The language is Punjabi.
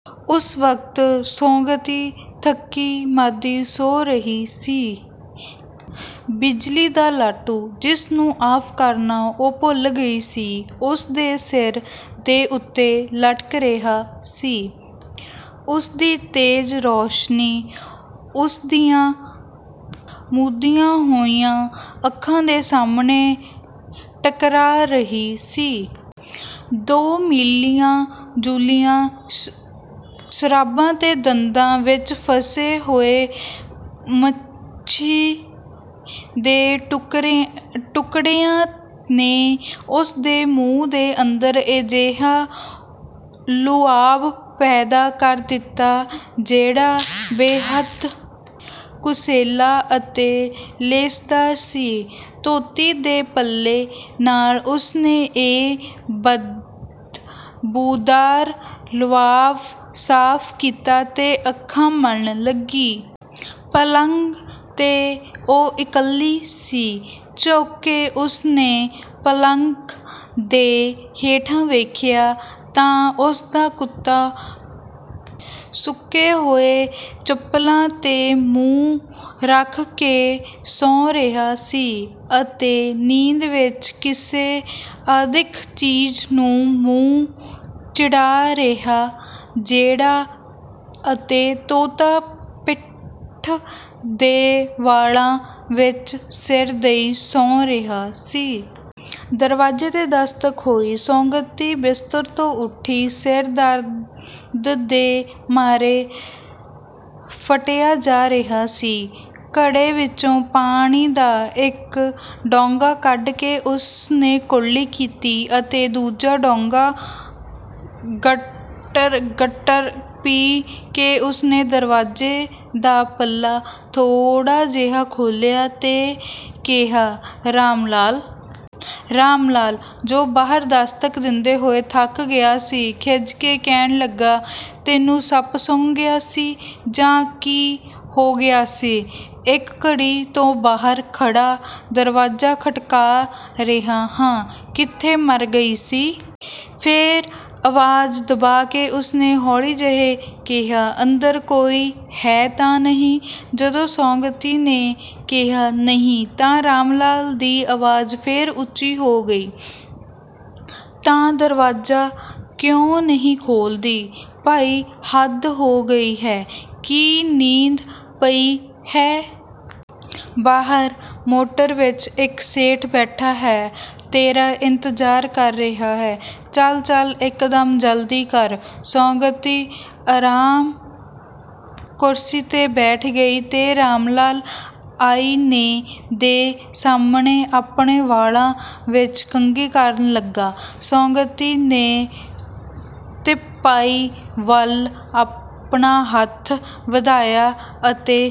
ਉਸ ਵਕਤ ਸੌਗੰਧੀ ਥੱਕੀ ਮਾਂਦੀ ਸੌਂ ਰਹੀ ਸੀ। ਬਿਜਲੀ ਦਾ ਲਾਟੂ, ਜਿਸ ਨੂੰ ਆਫ਼ ਕਰਨਾ ਉਹ ਭੁੱਲ ਗਈ ਸੀ, ਉਸਦੇ ਸਿਰ ਦੇ ਉੱਤੇ ਲਟਕ ਰਿਹਾ ਸੀ। ਉਸਦੀ ਤੇਜ਼ ਰੌਸ਼ਨੀ ਉਸਦੀਆਂ ਮੁੰਦੀਆਂ ਹੋਈਆਂ ਅੱਖਾਂ ਦੇ ਸਾਹਮਣੇ ਟਕਰਾ ਰਹੀ ਸੀ। ਦੋ ਮਿਲੀਆਂ-ਜੁਲੀਆਂ ਸ਼ਰਾਬਾਂ ਅਤੇ ਦੰਦਾਂ ਵਿੱਚ ਫਸੇ ਹੋਏ ਮੱਛੀ ਦੇ ਟੁਕੜਿਆਂ ਨੇ ਉਸਦੇ ਮੂੰਹ ਦੇ ਅੰਦਰ ਅਜਿਹਾ ਲੁਆਬ ਪੈਦਾ ਕਰ ਦਿੱਤਾ ਜਿਹੜਾ ਬੇਹੱਦ ਕੁਸੈਲਾ ਅਤੇ ਲੇਸਦਾਰ ਸੀ। ਧੋਤੀ ਦੇ ਪੱਲੇ ਨਾਲ ਉਸਨੇ ਇਹ ਬਦਬੂਦਾਰ ਲੁਆਬ ਸਾਫ਼ ਕੀਤਾ ਅਤੇ ਅੱਖਾਂ ਮਲਣ ਲੱਗੀ। ਪਲੰਗ ਤੇ ਉਹ ਇਕੱਲੀ ਸੀ। ਝੁਕ ਕੇ ਉਸਨੇ ਪਲੰਗ ਦੇ ਹੇਠਾਂ ਵੇਖਿਆ ਤਾਂ ਉਸਦਾ ਕੁੱਤਾ ਸੁੱਕੇ ਹੋਏ ਚੱਪਲਾਂ ਤੇ ਮੂੰਹ ਰੱਖ ਸੌਂ ਰਿਹਾ ਸੀ ਅਤੇ ਨੀਂਦ ਵਿੱਚ ਕਿਸੇ ਅਦਿੱਖ ਚੀਜ਼ ਨੂੰ ਮੂੰਹ ਚਿੜਾ ਰਿਹਾ ਜਿਹੜਾ ਅਤੇ ਤੋਤਾ ਪਿੱਠ ਦੇ ਵਾਲਾਂ ਵਿੱਚ ਸਿਰ ਦਈਂ ਸੌਂ ਰਿਹਾ ਸੀ। ਦਰਵਾਜ਼ੇ ਤੇ ਦਸਤਕ ਹੋਈ। ਸੌਗੰਧੀ ਬਿਸਤਰ ਤੋਂ ਉੱਠੀ। ਸਿਰ ਦਰਦ ਦੇ ਮਾਰੇ ਫੱਟਿਆ ਜਾ ਰਿਹਾ ਸੀ। ਘੜੇ ਵਿੱਚੋਂ ਪਾਣੀ ਦਾ ਇੱਕ ਡੋਂਗਾ ਕੱਢ ਕੇ ਉਸਨੇ ਕੁਰਲੀ ਕੀਤੀ ਅਤੇ ਦੂਜਾ ਡੋਂਗਾ ਗਟਾ ਗਟ ਪੀ ਕੇ ਉਸਨੇ ਦਰਵਾਜ਼ੇ ਦਾ ਪੱਲਾ ਥੋੜ੍ਹਾ ਜਿਹਾ ਖੋਲ੍ਹਿਆ ਅਤੇ ਕਿਹਾ, "ਰਾਮਲਾਲ?" ਰਾਮ ਲਾਲ, ਜੋ ਬਾਹਰ ਦਸਤਕ ਦਿੰਦੇ ਹੋਏ ਥੱਕ ਗਿਆ ਸੀ, ਖਿਝ ਕੇ ਕਹਿਣ ਲੱਗਾ, "ਤੈਨੂੰ ਸੱਪ ਸੂੰਘ ਗਿਆ ਸੀ ਜਾਂ ਕੀ ਹੋ ਗਿਆ ਸੀ? ਇੱਕ ਘੜੀ ਤੋਂ ਬਾਹਰ ਖੜਾ ਦਰਵਾਜ਼ਾ ਖਟਖਟਾ ਰਿਹਾ ਹਾਂ, ਕਿੱਥੇ ਮਰ ਗਈ ਸੀ?" ਫਿਰ ਆਵਾਜ਼ ਦਬਾ ਕੇ ਉਸਨੇ ਹੌਲੀ ਜਿਹੇ ਕਿਹਾ, "ਅੰਦਰ ਕੋਈ ਹੈ ਤਾਂ ਨਹੀਂ?" ਜਦੋਂ ਸੌਗੰਧੀ ਨੇ ਕਿਹਾ, "ਨਹੀਂ," ਤਾਂ ਰਾਮਲਾਲ ਦੀ ਆਵਾਜ਼ ਫਿਰ ਉੱਚੀ ਹੋ ਗਈ, "ਤਾਂ ਦਰਵਾਜ਼ਾ ਕਿਉਂ ਨਹੀਂ ਖੋਲ੍ਹਦੀ? ਭਈ ਹੱਦ ਹੋ ਗਈ ਹੈ, ਕੀ ਨੀਂਦ ਪਾਈ ਹੈ। ਬਾਹਰ ਮੋਟਰ ਵਿੱਚ ਇੱਕ ਸੇਠ ਬੈਠਾ ਤੇਰਾ ਇੰਤਜ਼ਾਰ ਕਰ ਰਿਹਾ ਹੈ। ਚੱਲ ਚੱਲ ਇੱਕ ਦਮ ਜਲਦੀ ਕਰ।" ਸੌਗੰਧੀ ਆਰਾਮ ਕੁਰਸੀ ਤੇ ਬੈਠ ਗਈ ਅਤੇ ਰਾਮਲਾਲ ਆਈਨੇ ਦੇ ਸਾਹਮਣੇ ਆਪਣੇ ਵਾਲਾਂ ਵਿੱਚ ਕੰਘੀ ਕਰਨ ਲੱਗਾ। ਸੌਗੰਧੀ ਨੇ ਤਿਪਾਈ ਵੱਲ ਆਪਣਾ ਹੱਥ ਵਧਾਇਆ ਅਤੇ